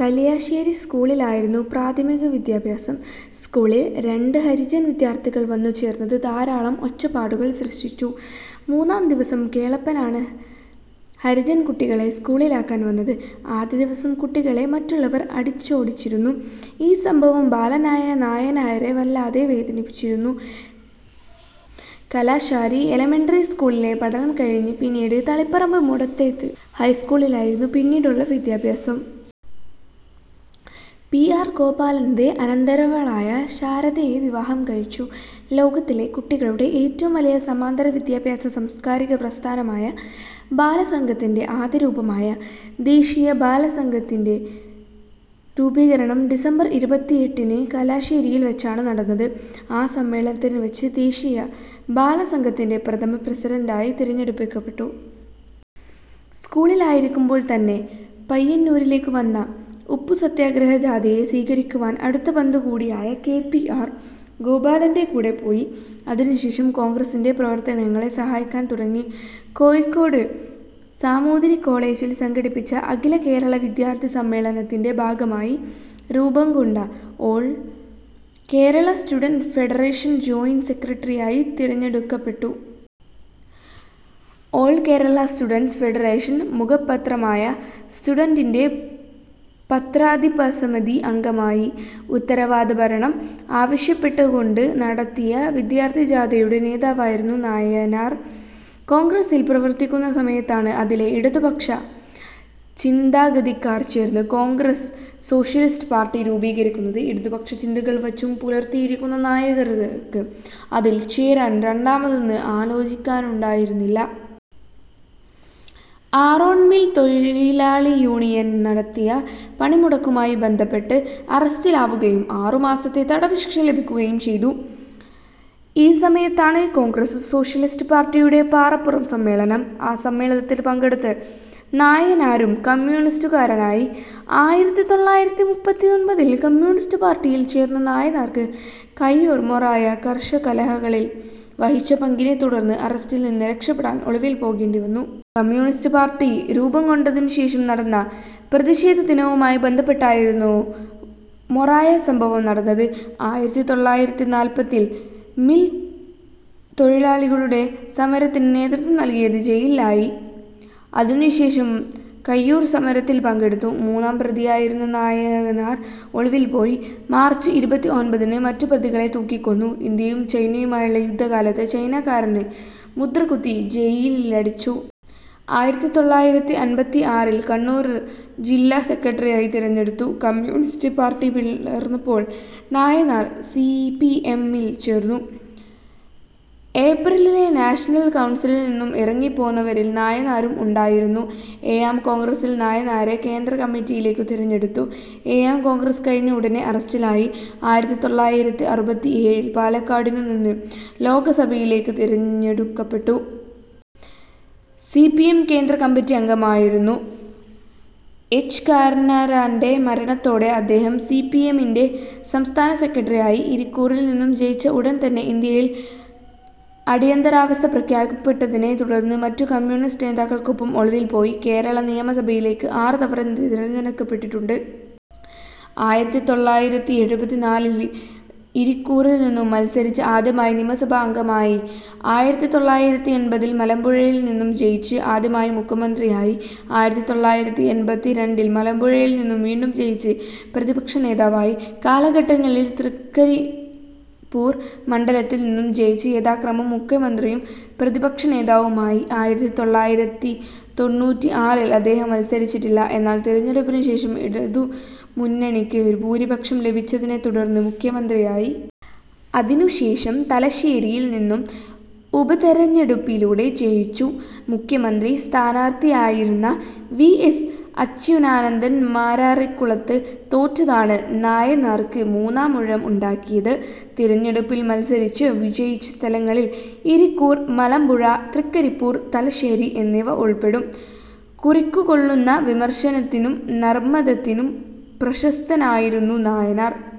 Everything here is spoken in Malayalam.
കല്യാശ്ശേരി സ്കൂളിലായിരുന്നു പ്രാഥമിക വിദ്യാഭ്യാസം, സ്കൂളിൽ രണ്ട് ഹരിജൻ വിദ്യാർത്ഥികൾ വന്നു ചേർന്നത് ധാരാളം ഒച്ചപ്പാടുകൾ സൃഷ്ടിച്ചു. മൂന്നാം ദിവസം കേളപ്പനാണ് ഹരിജൻ കുട്ടികളെ സ്കൂളിലാക്കാൻ വന്നത്. ആദ്യ ദിവസം കുട്ടികളെ മറ്റുള്ളവർ അടിച്ചോടിച്ചിരുന്നു. ഈ സംഭവം ബാലനായ നായനാരെ വല്ലാതെ വേദനിപ്പിച്ചിരുന്നു. കല്യാശ്ശേരി എലമെൻ്ററി സ്കൂളിലെ പഠനം കഴിഞ്ഞ് പിന്നീട് തളിപ്പറമ്പ് മുടത്തേടത്ത് ഹൈസ്കൂളിലായിരുന്നു പിന്നീടുള്ള വിദ്യാഭ്യാസം. പി. ആർ. ഗോപാലൻ്റെ അനന്തരവളായ ശാരദയെ വിവാഹം കഴിച്ചു. ലോകത്തിലെ കുട്ടികളുടെ ഏറ്റവും വലിയ സമാന്തര വിദ്യാഭ്യാസ സാംസ്കാരിക പ്രസ്ഥാനമായ ബാലസംഘത്തിൻ്റെ ആദ്യ രൂപമായ ദേശീയ ബാലസംഘത്തിൻ്റെ രൂപീകരണം ഡിസംബർ ഇരുപത്തിഎട്ടിന് കല്ല്യാശ്ശേരിയിൽ വെച്ചാണ് നടന്നത്. ആ സമ്മേളനത്തിൽ വെച്ച് ദേശീയ ബാലസംഘത്തിൻ്റെ പ്രഥമ പ്രസിഡണ്ടായി തിരഞ്ഞെടുക്കപ്പെട്ടു. സ്കൂളിലായിരിക്കുമ്പോൾ തന്നെ പയ്യന്നൂരിലേക്കു വന്ന ഉപ്പുസത്യാഗ്രഹ ജാഥയെ സ്വീകരിക്കുവാൻ അടുത്ത ബന്ധു കൂടിയായ കെ. പി. ആർ. ഗോപാലൻ്റെ കൂടെ പോയി. അതിനുശേഷം കോൺഗ്രസിൻ്റെ പ്രവർത്തനങ്ങളെ സഹായിക്കാൻ തുടങ്ങി. കോഴിക്കോട് സാമൂതിരികോളേജിൽ സംഘടിപ്പിച്ച അഖിലകേരള വിദ്യാർത്ഥി സമ്മേളനത്തിൻ്റെ ഭാഗമായി രൂപംകൊണ്ട ഓൾ കേരള സ്റ്റുഡൻ്റ്സ് ഫെഡറേഷൻ്റെ ജോയിൻ്റ് സെക്രട്ടറിയായി തിരഞ്ഞെടുക്കപ്പെട്ടു. ഓൾ കേരള സ്റ്റുഡൻ്റ്സ് ഫെഡറേഷൻ്റെ മുഖപത്രമായ സ്റ്റുഡൻ്റിൻ്റെ പത്രാധിപസമിതി അംഗമായി. ഉത്തരവാദ ഭരണം ആവശ്യപ്പെട്ടുകൊണ്ട് നടത്തിയ വിദ്യാർത്ഥി ജാഥയുടെ നേതാവായിരുന്നു നായനാർ. കോൺഗ്രസിൽ പ്രവർത്തിക്കുന്ന സമയത്താണ് അതിലെ ഇടതു പക്ഷ ചിന്താഗതിക്കാർ ചേർന്ന് കോൺഗ്രസ് സോഷ്യലിസ്റ്റ് പാർട്ടി രൂപീകരിക്കുന്നത്. ഇടതുപക്ഷ ചിന്തകൾ വച്ചു പുലർത്തിയിരുന്ന നായനാർക്ക് അതിൽ ചേരാൻ രണ്ടാമതൊന്ന് ആലോചിക്കാനുണ്ടായിരുന്നില്ല. ആറോൺ മിൽ തൊഴിലാളിയൂണിയൻ നടത്തിയ പണിമുടക്കുമായി ബന്ധപ്പെട്ട് അറസ്റ്റിലാവുകയും ആറുമാസത്തെ തടവുശിക്ഷ ലഭിക്കുകയും ചെയ്തു. ഈ സമയത്താണ് കോൺഗ്രസ് സോഷ്യലിസ്റ്റ് പാർട്ടിയുടെ പാറപ്പുറം സമ്മേളനം, ആ സമ്മേളനത്തിൽ പങ്കെടുത്ത് നായനാരും കമ്മ്യൂണിസ്റ്റുകാരനായി. ആയിരത്തിതൊള്ളായിരത്തിമുപ്പത്തിഒൻപതിൽ കമ്യൂണിസ്റ്റ് പാർട്ടിയിൽ ചേർന്ന നായനാർക്ക് കയ്യൂർ-മൊറാഴ കർഷകലഹളകളിൽ വഹിച്ച പങ്കിനെ തുടർന്ന് അറസ്റ്റിൽ നിന്ന് രക്ഷപെടാൻ ഒളിവിൽ പോകേണ്ടിവന്നു. കമ്മ്യൂണിസ്റ്റ് പാർട്ടി രൂപംകൊണ്ടതിൻ്റെ ശേഷം നടന്ന പ്രതിഷേധദിനവുമായി ബന്ധപ്പെട്ടായിരുന്നു മൊറാഴ സംഭവം നടന്നത്. ആയിരത്തിതൊള്ളായിരത്തിനാല്പതിൽ മിൽ തൊഴിലാളികളുടെ സമരത്തിന് നേതൃത്വം നൽകിയതിന് ജയിലിലായി. അതിനുശേഷം കയ്യൂർ സമരത്തിൽ പങ്കെടുത്തു. മൂന്നാം പ്രതിയായിരുന്ന നായനാർ ഒളിവിൽ പോയി. മാർച്ച് ഇരുപത്തിഒൻപതിന് മറ്റു പ്രതികളെ തൂക്കിക്കൊന്നു. ഇന്ത്യയും ചൈനയുമായുള്ള യുദ്ധകാലത്ത് ചൈനാചാരനെന്ന് മുദ്രകുത്തി ജയിലിലടച്ചു. ആയിരത്തിതൊള്ളായിരത്തിഅൻപത്തിആറിൽ കണ്ണൂർ ജില്ലാ സെക്രട്ടറിയായി തിരഞ്ഞെടുത്തു. കമ്യൂണിസ്റ്റ് പാർട്ടി പിളർന്നപ്പോൾ നായനാർ സി. പി. എം ൽ ചേർന്നു. ഏപ്രിലിലെ നാഷണൽ കൗൺസിലിൽ നിന്നും ഇറങ്ങിപ്പോന്നവരിൽ നായനാരും ഉണ്ടായിരുന്നു. ഏഴാം കോൺഗ്രസിൽ നായനാരെ കേന്ദ്ര കമ്മിറ്റിയിലേക്കു തിരഞ്ഞെടുത്തു. ഏഴാം കോൺഗ്രസ് കഴിഞ്ഞ ഉടൻ അറസ്റ്റിലായി. ആയിരത്തിതൊള്ളായിരത്തിഅറുപത്തിഏഴിൽ പാലക്കാടുനിന്ന് ലോക്സഭയിലേക്ക് തിരഞ്ഞെടുക്കപ്പെട്ടു. സി. പി. എം. കേന്ദ്ര കമ്മറ്റി അംഗമായിരുന്നു. എച്ച്. കണാരൻ്റെ മരണത്തോടെ അദ്ദേഹം സി. പി. എം. ൻ്റെ സംസ്ഥാന സെക്രട്ടറിയായി. ഇരിക്കൂറിൽ നിന്നും ജയിച്ച ഉടൻ തന്നെ ഇന്ത്യയിൽ അടിയന്തരാവസ്ഥ പ്രഖ്യാപിക്കപ്പെട്ടതിനെ തുടർന്ന് മറ്റു കമ്മ്യൂണിസ്റ്റ് നേതാക്കൾക്കൊപ്പം ഒളിവിൽ പോയി. കേരള നിയമസഭയിലേക്ക് ആറ് തവണ തിരഞ്ഞെടുക്കപ്പെട്ടിട്ടുണ്ട്. ആയിരത്തിതൊള്ളായിരത്തിഎഴുപത്തിനാലിൽ ഇരിക്കൂറിൽ നിന്നും മൽസരിച്ച് ആദ്യമായി നിയമസഭാ അംഗമായി. ആയിരത്തിതൊള്ളായിരത്തിഎൺപതിൽ മലമ്പുഴയിൽ നിന്നും ജയിച്ച് ആദ്യമായി മുഖ്യമന്ത്രിയായി. ആയിരത്തിതൊള്ളായിരത്തിഎൺപത്തിരണ്ടിൽ മലമ്പുഴയിൽ നിന്നും വീണ്ടും ജയിച്ച് പ്രതിപക്ഷനേതാവായി., കാലഘട്ടങ്ങളിൽ തൃക്കരിപ്പൂർ മണ്ഡലത്തിൽ നിന്നും ജയിച്ച് യഥാക്രമം മുഖ്യമന്ത്രിയും പ്രതിപക്ഷനേതാവുമായി. ആയിരത്തിതൊള്ളായിരത്തിതൊണ്ണൂറ്റിആറിൽ അദ്ദേഹം മത്സരിച്ചില്ല. എന്നാൽ തിരഞ്ഞെടുപ്പിനുശേഷം ഇടതുമുന്നണിക്ക് ഭൂരിപക്ഷം ലഭിച്ചതിനെത്തുടർന്ന് മുഖ്യമന്ത്രിയായി. അതിനു ശേഷം തലശ്ശേരിയിൽ നിന്നും ഉപതെരഞ്ഞെടുപ്പിലൂടേ ജയിച്ചു. മുഖ്യമന്ത്രി സ്ഥാനാർത്ഥിയായിരുന്ന വി. എസ്. അച്യുതാനന്ദൻ മാരാരിക്കുളത്ത് തോറ്റതാണ് നായനാർക്ക് മൂന്നാമൂഴം ഉണ്ടാക്കിയത്. തിരഞ്ഞെടുപ്പിൽ മത്സരിച്ച് വിജയിച്ച സ്ഥലങ്ങളിൽ ഇരിക്കൂർ, മലമ്പുഴ, തൃക്കരിപ്പൂർ, തലശ്ശേരി എന്നിവ ഉൾപ്പെടും. കുറിക്കുകൊള്ളുന്ന വിമർശനത്തിനും നർമ്മത്തിനും പ്രശസ്തനായിരുന്നു നായനാർ.